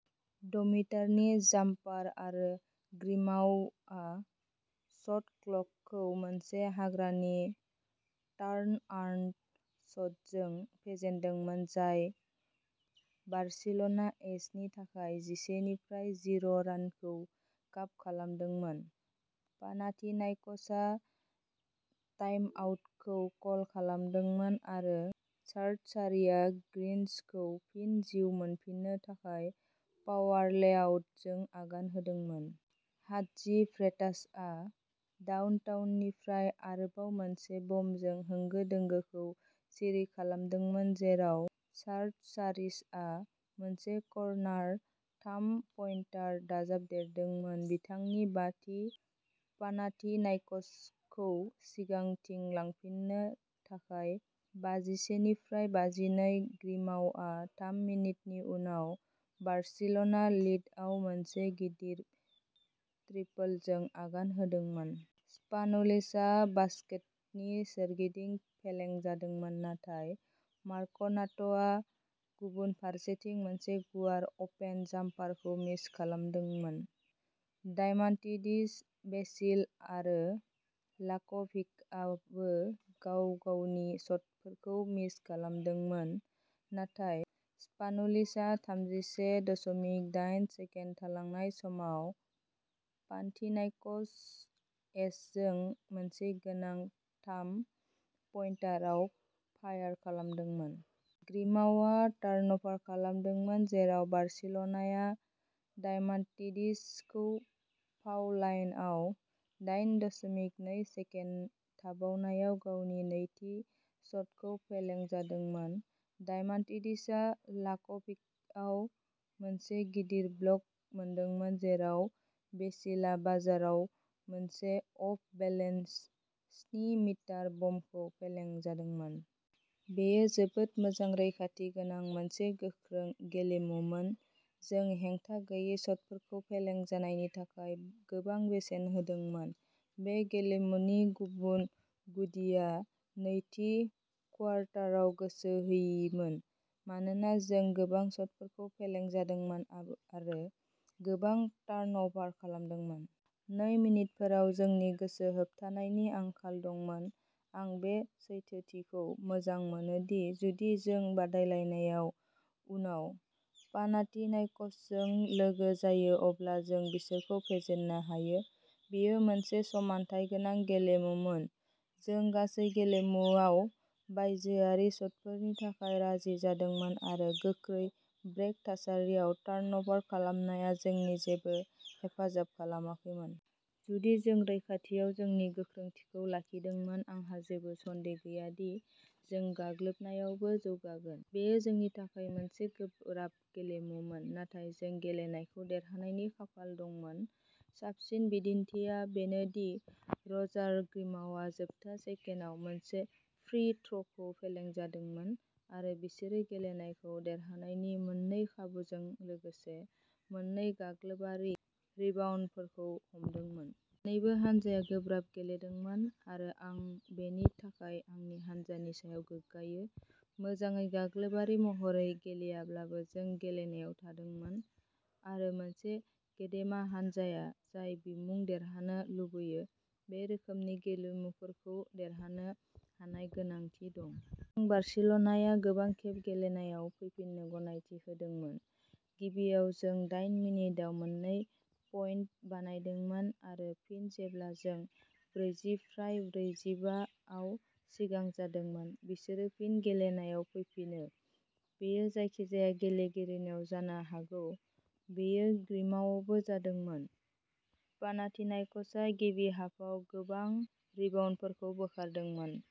द'मिटारनि जाम्पार आरो ग्रिमाउआ शट क्ल'कखौ मोनसे हाग्रानि टार्नआरन्ड शटजों फेजेनदोंमोन जाय बार्सिल'ना एजनि थाखाय जिसेनिफ्राय जिर' रानखौ काप खालामदोंमोन। पानाथिनाइक'सआ टाइमआउटखौ कल खालामदोंमोन आरो सार्टसारिआ ग्रीन्सखौ फिन जिउ मोनफिन्नो थाखाय पावार लेआउटजों आगान होदोंमोन। हाटजिभ्रेटासआ डाउनटाउननिफ्राय आरोबाव मोनसे बमजों होंगो दोंगोखौ सिरि खालामदोंमोन जेराव सार्टसारिसआ मोनसे कर्नार थाम-पइन्टार दाजाबदेरदोंमोन बिथांनि बाथि पानाथिनाइक'सखौ सिगांथिं लांफिन्नो थाखाय बाजिसेनिफ्राय बाजिनै ग्रिमाउआ थाम मिनिटनि उनाव बार्सिल'ना लिडआव मोनसे गिदिर ट्रिपलजों आगान होदोंमोन। स्पानुलिसआ बास्केटनि सोरगिदिं फेलें जादोंमोन नाथाय मार्क'नाट'आ गुबुन फारसेथिं मोनसे गुवार अपेन जाम्पारखौ मिस खालामदोंमोन। डायमान्टिडिस बेसिल आरो लाक'भिकआबो गाव-गावनि शटफोरखौ मिस खालामदोंमोन नाथाय स्पानुलिसआ थामजिसे दशमिक दाइन सेकेन्ड थालांनाय समाव पानथिनाइक'स एजजों मोनसे गोनां थाम पइन्टारआव फायार खालामदोंमोन। ग्रिमाउआ टार्नभार खालामदोंमोन जेराव बार्सिल'नाया डायमान्टिडिसखौ फाउ लाइनआव, दाइन दशमिक नै सेकेन्ड थाबावनायाव गावनि नैथि शटखौ फेलें जादोंमोन। डायमान्टिडिसआ लाक'भिकआव मोनसे गिदिर ब्लक मोनदोंमोन जेराव बेसिलआ बाजारआव मोनसे अफ-बेलेन्स स्नि मिटार बमखौ फेलें जादोंमोन। "बेयो जोबोद मोजां रैखाथि गोनां मोनसे गोख्रों गेलेमुमोन। जों हेंथा गैयै शटफोरखौ फेलें जानायनि थाखाय गोबां बेसेन होदोंमोन। बे गेलेमुनि गुबुन गुदिआ नैथि क्वार्टाराव गोसो होयिमोन मानोना जों गोबां शटफोरखौ फेलें जादोंमोन आरो गोबां टार्नअभार खालामदोंमोन। बै मिनिटफोराव जोंनि गोसो होबथानायनि आंखाल दंमोन। आं बे सैथोथिखौ मोजां मोनो दि जुदि जों बादायलायनायाव उनाव पानाथिनाइकसजों लोगो जायो अब्ला जों बिसोरखौ फेजेननो हायो। बेयो मोनसे समानथाय गोनां गेलेमुमोन। जों गासै गेलेमुआव बायजोआरि शटफोरनि थाखाय राजि जादोंमोन आरो गोख्रै ब्रेक थासारियाव टार्नअभार खालामनाया जोंनि जेबो हेफाजाब खालामाखैमोन। जुदि जों रैखाथियाव जोंनि गोख्रोंथिखौ लाखिदोंमोन आंहा जेबो सन्देह गैया दि जों गाग्लोबनायावबो जौगागोन।" "बेयो जोंनि थाखाय मोनसे गोब्राब गेलेमुमोन नाथाय जों गेलेनायखौ देरहानायनि खाफाल दंमोन। साबसिन बिदिन्थिआ बेनो दि रजार ग्रिमाउआ जोबथा सेकेन्डआव मोनसे फ्री थ्र'खौ फेलें जादोंमोन आरो बिसोरो गेलेनायखौ देरहानायनि मोननै खाबुजों लोगोसे मोन्नै गाग्लोबारि रिबाउन्डफोरखौ हमदोंमोन। मोन्नैबो हानजाया गोब्राब गेलेदोंमोन आरो आं बेनि थाखाय आंनि हानजानि सायाव गोग्गायो। मोजाङै गाग्लोबारि महरै गेलेयाब्लाबो जों गेलेनायाव थादोंमोन आरो मोनसे गेदेमा हानजाया जाय बिमुं देरहानो लुबैयो, बे रोखोमनि गेलेमुफोरखौ देरहानो हानाय गोनांथि दं। जों बार्सिल'नाया गोबां खेब गेलेनायाव फैफिननो गनायथि होदोंमोन। गिबियाव जों दाइन मिनिटआव मोननै पइन्ट बानायदोंमोन आरो फिन जेब्ला जों ब्रैजिफ्राय ब्रैजिबा आव सिगां जादोंमोन बिसोरो फिन गेलेनायाव फैफिनो। बेयो जायखिजाया गेलेगिरिनाव जानो हागौ बेयो ग्रिमाउआवबो जादोंमोन। पानाथिनाइक'सआ गिबि हाफआव गोबां रिबाउन्डफोरखौ बोखारदोंमोन।